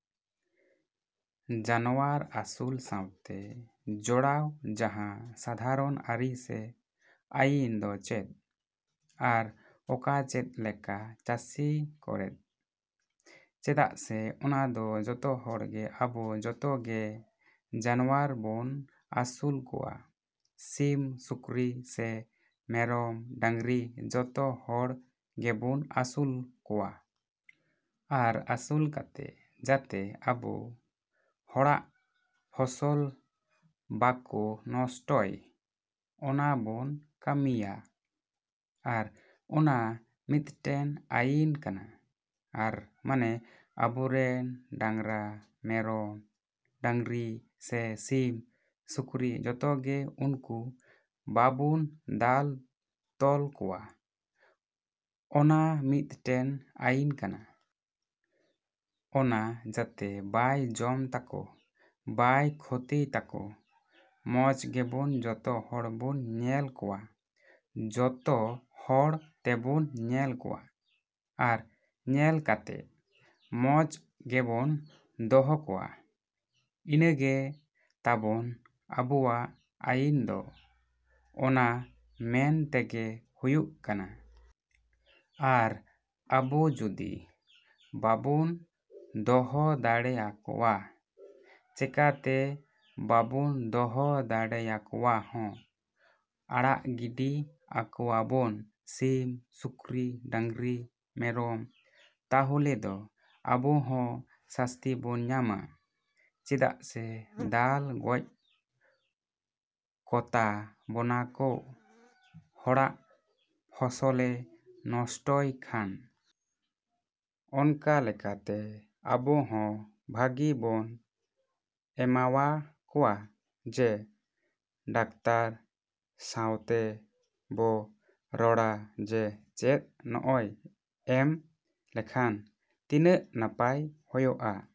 ‎ᱡᱟᱱᱣᱟᱨ ᱟᱹᱥᱩᱞ ᱥᱟᱶᱛᱮ ᱡᱚᱲᱟᱣ ᱡᱟᱸᱦᱟ ᱥᱟᱫᱷᱟᱨᱚᱱ ᱟᱹᱨᱤ ᱥᱮ ᱟᱹᱭᱤᱱ ᱫᱚ ᱪᱮᱫ? ᱟᱨ ᱚᱠᱟ ᱪᱮᱫ ᱞᱮᱠᱟ ᱪᱟᱹᱥᱤ ᱥᱮᱨᱮᱫ? ᱪᱮᱫᱟᱜ ᱥᱮ ᱚᱱᱟ ᱫᱚ ᱡᱚᱛᱚ ᱦᱚᱲ ᱜᱮ ᱟᱵᱚ ᱡᱚᱛᱚ ᱜᱮ ᱡᱟᱱᱣᱟᱨ ᱵᱚᱱ ᱟᱹᱥᱩᱞ ᱠᱚᱣᱟ, ᱥᱤᱢ, ᱥᱩᱠᱨᱤ ᱥᱮ ᱢᱮᱨᱚᱢ, ᱰᱟᱹᱝᱨᱤ ᱡᱚᱛᱚ ᱦᱚᱲ ᱜᱮᱵᱚᱱ ᱟᱹᱥᱩᱞ ᱠᱚᱣᱟ᱾ ᱟᱨ ᱟᱹᱥᱩᱞ ᱠᱟᱛᱮ ᱡᱟᱛᱮ ᱟᱵᱚ ᱦᱚᱲᱟᱜ ᱯᱷᱚᱥᱚᱞ ᱵᱟᱠᱚ ᱱᱚᱥᱴᱚᱭ, ᱚᱱᱟ ᱵᱚᱱ ᱠᱟᱹᱢᱤᱭᱟ᱾ ᱟᱨ ᱚᱱᱟ ᱢᱤᱫᱴᱮᱱ ᱟᱹᱭᱤᱱ ᱠᱟᱱᱟ᱾ ᱟᱨ ᱢᱟᱱᱮ ᱟᱵᱚᱨᱮᱱ ᱰᱟᱝᱨᱟ, ᱢᱮᱨᱚᱢ, ᱰᱟᱹᱝᱨᱤ ᱥᱮ ᱥᱤᱢ, ᱥᱩᱠᱨᱤ ᱡᱚᱛᱚ ᱜᱮ ᱩᱱᱠᱩ ᱵᱟᱵᱚᱱ ᱫᱟᱞ ᱛᱚᱞ ᱠᱚᱣᱟ, ᱚᱱᱟ ᱢᱤᱫᱴᱮᱱ ᱟᱹᱭᱤᱱ ᱠᱟᱱᱟ᱾ ᱚᱱᱟ ᱡᱟᱛᱮ ᱵᱟᱭ ᱡᱚᱢ ᱛᱟᱠᱚ, ᱵᱟᱭ ᱠᱷᱚᱛᱤᱭ ᱛᱟᱠᱚ, ᱢᱚᱡᱽ ᱜᱮᱵᱚᱱ ᱡᱚᱛᱚ ᱦᱚᱲ ᱵᱚᱱ ᱧᱮᱞ ᱠᱚᱣᱟ, ᱡᱚᱛᱚ ᱦᱚᱲ ᱛᱮᱵᱚᱱ ᱧᱮᱞ ᱠᱚᱣᱟ᱾ ᱟᱨ ᱧᱮᱞ ᱠᱟᱛᱮᱫ ᱢᱚᱡᱽ ᱜᱮᱵᱚᱱ ᱫᱚᱦᱚ ᱠᱚᱣᱟ᱾ ᱤᱱᱟᱹ ᱜᱮ ᱛᱟᱵᱚᱱ ᱟᱵᱚᱣᱟᱜ ᱟᱹᱭᱤᱱ ᱫᱚ ᱚᱱᱟ ᱢᱮᱱ ᱛᱮᱜᱮ ᱦᱩᱭᱩᱜ ᱠᱟᱱᱟ᱾ ᱟᱨ ᱟᱵᱚ ᱡᱩᱫᱤ ᱵᱟᱵᱚᱱ ᱫᱚᱦᱚ ᱫᱟᱲᱮ ᱟᱠᱚᱣᱟ, ᱪᱮᱠᱟ ᱛᱮ ᱵᱟᱵᱚᱱ ᱫᱚᱦᱚ ᱫᱟᱲᱮᱭᱟᱠᱚᱣᱟ ᱦᱚᱸ ᱟᱲᱟᱜ ᱜᱤᱰᱤ ᱠᱟᱠᱚᱣᱟᱵᱚᱱ ᱥᱤᱢ, ᱥᱩᱠᱨᱤ, ᱰᱟᱝᱨᱟ, ᱢᱮᱨᱚᱢ, ᱛᱟᱦᱚᱞᱮ ᱫᱚ ᱟᱵᱚ ᱦᱚᱸ ᱥᱟᱹᱥᱛᱤ ᱵᱚᱱ ᱧᱟᱢᱟ᱾ ᱪᱮᱫᱟᱜ ᱥᱮ ᱫᱟᱞ ᱜᱚᱡ ᱠᱚᱛᱟ ᱵᱚᱱᱟ ᱠᱚ ᱦᱚᱲᱟᱜ ᱯᱷᱚᱥᱚᱞᱮ ᱱᱚᱥᱴᱚᱭ ᱠᱷᱟᱱ᱾ ᱚᱱᱠᱟ ᱞᱮᱠᱟᱛᱮ ᱟᱵᱚ ᱦᱚᱸ ᱵᱷᱟᱹᱜᱤ ᱵᱚᱱ ᱮᱢᱟᱣᱟᱠᱚᱣᱟ ᱡᱮ ᱰᱟᱠᱛᱟᱨ ᱥᱟᱣᱛᱮ ᱵᱚ ᱨᱚᱲᱟ ᱡᱮ ᱪᱮᱫ ᱱᱚᱜᱼᱚᱭ ᱮᱢ ᱞᱮᱠᱷᱟᱱ ᱛᱤᱱᱟ.ᱜ ᱱᱟᱯᱟᱭ ᱦᱳᱭᱳᱜ ᱟ᱾